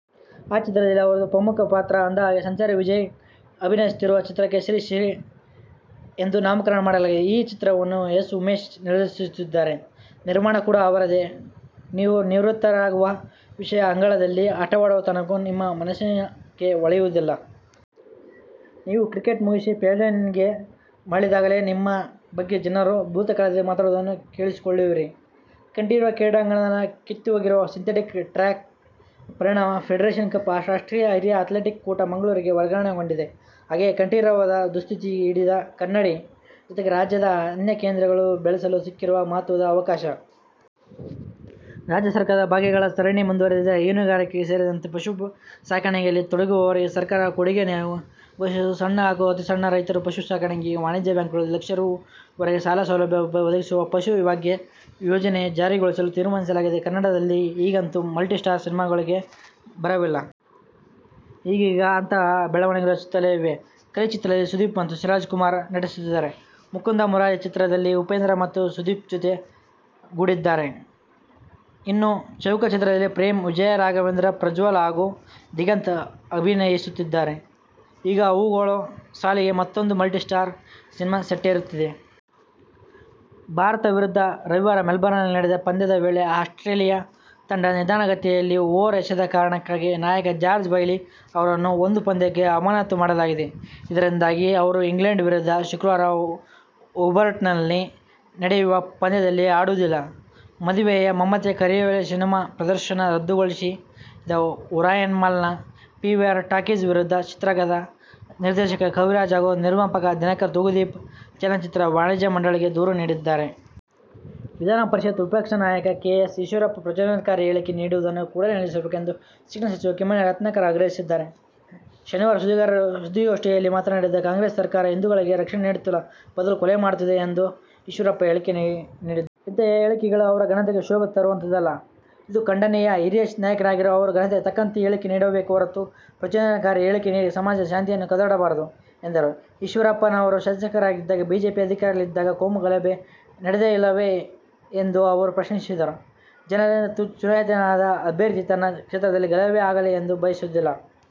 ಆ ಚಿತ್ರದಲ್ಲಿ ಅವರದು ಪ್ರಮುಖ ಪಾತ್ರ. ಅಂದಹಾಗೆ, ಸಂಚಾರಿ ವಿಜಯ್ ಅಭಿನಯಿಸುತ್ತಿರುವ ಚಿತ್ರಕ್ಕೆ "ಶ್ರೀ ಶ್ರೀ.. ' ಎಂದು ನಾಮಕರಣ ಮಾಡಲಾಗಿದೆ. ಈ ಚಿತ್ರವನ್ನು ಎಸ್. ಉಮೇಶ್ ನಿರ್ದೇಶಿಸುತ್ತಿದ್ದಾರೆ. ನಿರ್ಮಾಣ ಕೂಡ ಅವರದೇ. "ನೀವು ನಿವೃತ್ತರಾಗುವ ವಿಷಯ ಅಂಗಳದಲ್ಲಿ ಆಟವಾಡುವ ತನಕವೂ ನಿಮ್ಮ ಮನಸ್ಸಿಗೆ ಹೊಳೆಯುವುದಿಲ್ಲ. ನೀವು ಕ್ರಿಕೆಟ್ ಮುಗಿಸಿ ಪೆವಿಲಿಯನ್ನಿಗೆ ಮರಳಿದಾಗಲೇ ನಿಮ್ಮ ಬಗ್ಗೆ ಜನರು ಭೂತಕಾಲದಲ್ಲಿ ಮಾತನಾಡುವುದನ್ನು ಕೇಳಿಸಿಕೊಳ್ಳುವಿರಿ' ಕಂಠೀರವ ಕ್ರೀಡಾಂಗಣದ ಕಿತ್ತುಹೋಗಿರುವ ಸಿಂಥೆಟಿಕ್ ಟ್ರ್ಯಾಕ್ನ ಪರಿಣಾಮ ಫೆಡರೇಷನ್ ಕಪ್ ರಾಷ್ಟ್ರೀಯ ಹಿರಿಯರ ಆ್ಯತ್ಲೆಟಿಕ್ ಕೂಟ ಮಂಗಳೂರಿಗೆ ವರ್ಗಾವಣೆಗೊಂಡಿದೆ. ಹಾಗೆಯೇ ಕಂಠೀರವದ ದುಸ್ಥಿತಿಗೆ ಹಿಡಿದ ಕನ್ನಡಿ, ಜತೆಗೆ ರಾಜ್ಯದ ಅನ್ಯಕೇಂದ್ರಗಳನ್ನು ಬೆಳೆಸಲು ಸಿಕ್ಕಿರುವ ಮಹತ್ವದ ಅವಕಾಶ! ರಾಜ್ಯ ಸರ್ಕಾರದ ಭಾಗ್ಯಗಳ ಸರಣಿ ಮುಂದುವರಿದಿದೆ. ಹೈನುಗಾರಿಕೆ ಸೇರಿದಂತೆ ಪಶು ಸಾಕಾಣಿಕೆಯಲ್ಲಿ ತೊಡಗುವವರಿಗೆ ಸರ್ಕಾರ ಕೊಡುಗೆ ಘೋಷಿಸಿದ್ದು, ಸಣ್ಣ ಹಾಗೂ ಅತಿ ಸಣ್ಣ ರೈತರಿಗೆ ಪಶು ಸಾಕಾಣಿಕೆಗೆ ವಾಣಿಜ್ಯ ಬ್ಯಾಂಕುಗಳಲ್ಲಿ ಲಕ್ಷ ರೂ. ವರೆಗೆ ಸಾಲ ಸೌಲಭ್ಯ ಒದಗಿಸುವ "ಪಶು ಭಾಗ್ಯ'ಯೋಜನೆ ಜಾರಿಗೊಳಿಸಲು ತೀರ್ಮಾನಿಸಲಾಗಿದೆ. ಕನ್ನಡದಲ್ಲಿ ಈಗಂತೂ ಮಲ್ಟಿಸ್ಟಾರ್ ಸಿನಿಮಾಗಳಿಗೆ ಬರವಿಲ್ಲ. ಈಗೀಗ ಅಂತಹ ಬೆಳವಣಿಗೆಗಳು ಹೆಚ್ಚುತ್ತಲೇ ಇವೆ. "ಕಲಿ' ಚಿತ್ರದಲ್ಲಿ ಸುದೀಪ್ ಮತ್ತು ಶಿವರಾಜ್ಕುಮಾರ್ ನಟಿಸುತ್ತಿದ್ದಾರೆ. "ಮುಕುಂದ ಮುರಾರಿ' ಚಿತ್ರದಲ್ಲಿ ಉಪೇಂದ್ರ ಮತ್ತು ಸುದೀಪ್ಜತೆಗೂಡಿದ್ದಾರೆ. ಇನ್ನು, "ಚೌಕ' ಚಿತ್ರದಲ್ಲಿ ಪ್ರೇಮ್, ವಿಜಯರಾಘವೇಂದ್ರ, ಪ್ರಜ್ವಲ್ ಹಾಗು ದಿಗಂತ್ ಅಭಿನಯಿಸುತ್ತಿದ್ದಾರೆ. ಈಗ ಅವುಗಳ ಸಾಲಿಗೆ ಮತ್ತೂಂದು ಮಲ್ಟಿಸ್ಟಾರ್ ಸಿನಿಮಾ ಸೆಟ್ಟೇರುತ್ತಿದೆ. ಭಾರತ ವಿರುದ್ಧ ರವಿವಾರ ಮೆಲ್ಬರ್ನ್ನಲ್ಲಿ ನಡೆದ ಪಂದ್ಯದ ವೇಳೆ ಆಸ್ಟ್ರೇಲಿಯ ತಂಡ ನಿಧಾನಗತಿಯಲ್ಲಿ ಓವರ್ ಎಸೆದ ಕಾರಣಕ್ಕಾಗಿ ನಾಯಕ ಜಾರ್ಜ್ ಬೈಲಿ ಅವರನ್ನು ಒಂದು ಪಂದ್ಯಕ್ಕೆ ಅಮಾನತು ಮಾಡಲಾಗಿದೆ. ಇದರಿಂದಾಗಿ ಅವರು ಇಂಗ್ಲೆಂಡ್ ವಿರುದ್ಧ ಶುಕ್ರವಾರ ಹೋಬರ್ಟ್ನಲ್ಲಿ ನಡೆಯುವ ಪಂದ್ಯದಲ್ಲಿ ಆಡುವುದಿಲ್ಲ. ಮದುವೆಯ ಮಮತೆಯ ಕರೆಯೋಲೆ ಸಿನಿಮಾ ಪ್ರದರ್ಶನ ರದ್ದುಗೊಳಿಸಿದ ಒರಾಯನ್ ಮಾಲ್ ನ ಪಿವಿಆರ್ ಟಾಕೀಸ್ ವಿರುದ್ಧ ಚಿತ್ರದ ನಿರ್ದೇಶಕ ಕವಿರಾಜ್ ಹಾಗೂ ನಿರ್ಮಾಪಕ ದಿನಕರ್ ತೂಗುದೀಪ್ ಚಲನಚಿತ್ರ ವಾಣಿಜ್ಯ ಮಂಡಳಿಗೆ ದೂರು ನೀಡಿದ್ದಾರೆ. ವಿಧಾನ ಪರಿಷತ್ ವಿಪಕ್ಷ ನಾಯಕ ಕೆ. ಎಸ್. ಈಶ್ವರಪ್ಪ ಪ್ರಚೋದನಾಕಾರಿ ಹೇಳಿಕೆ ನೀಡುವುದನ್ನು ಕೂಡಲೇ ನಿಲ್ಲಿಸಬೇಕು ಎಂದು ಶಿಕ್ಷಣ ಸಚಿವ ಕಿಮ್ಮನೆ ರತ್ನಾಕರ್ ಆಗ್ರಹಿಸಿದ್ದಾರೆ. ಶನಿವಾರ ಸುದ್ದಿಗೋಷ್ಠಿಯಲ್ಲಿ ಮಾತನಾಡಿ, ಕಾಂಗ್ರೆಸ್ ಸರ್ಕಾರ ಹಿಂದೂಗಳಿಗೆ ರಕ್ಷಣೆ ನೀಡುತ್ತಿಲ್ಲ. ಬದಲು ಕೊಲೆ ಮಾಡುತ್ತಿದೆ ಎಂದು ಈಶ್ವರಪ್ಪ ಹೇಳಿಕೆ ನೀಡಿದ್ದಾರೆ. ಇಂತಹ ಹೇಳಿಕೆಗಳು ಅವರ ಘನತೆಗೆ ಶೋಭೆ ತರುವಂತದ್ದಲ್ಲ. ಇದು ಖಂಡನೀಯ. ಹಿರಿಯ ನಾಯಕರಾಗಿರುವ ಅವರು ಘನತೆಗೆ ತಕ್ಕಂತೆ ಹೇಳಿಕೆ ನೀಡಬೇಕೇ ಹೊರತು, ಪ್ರಚೋದನಕಾರಿ ಹೇಳಿಕೆ ನೀಡಿ ಸಮಾಜದ ಶಾಂತಿಯನ್ನು ಕದಡಬಾರದು ಎಂದರು. ಈಶ್ವರಪ್ಪನವರು ಶಾಸಕರಾಗಿದ್ದಾಗ, ಬಿಜೆಪಿ ಅಧಿಕಾರದಲ್ಲಿದ್ದಾಗ ಕೋಮುಗಲಭೆ ನಡೆದೇ ಇಲ್ಲವೇ ಎಂದು ಅವರು ಪ್ರಶ್ನಿಸಿದರು. ಜನರಿಂದ ಚುನಾಯಿತನಾದ ಅಭ್ಯರ್ಥಿ ತನ್ನ ಕ್ಷೇತ್ರದಲ್ಲಿ ಗಲಭೆ ಆಗಲಿ ಎಂದು ಬಯಸುವುದಿಲ್ಲ.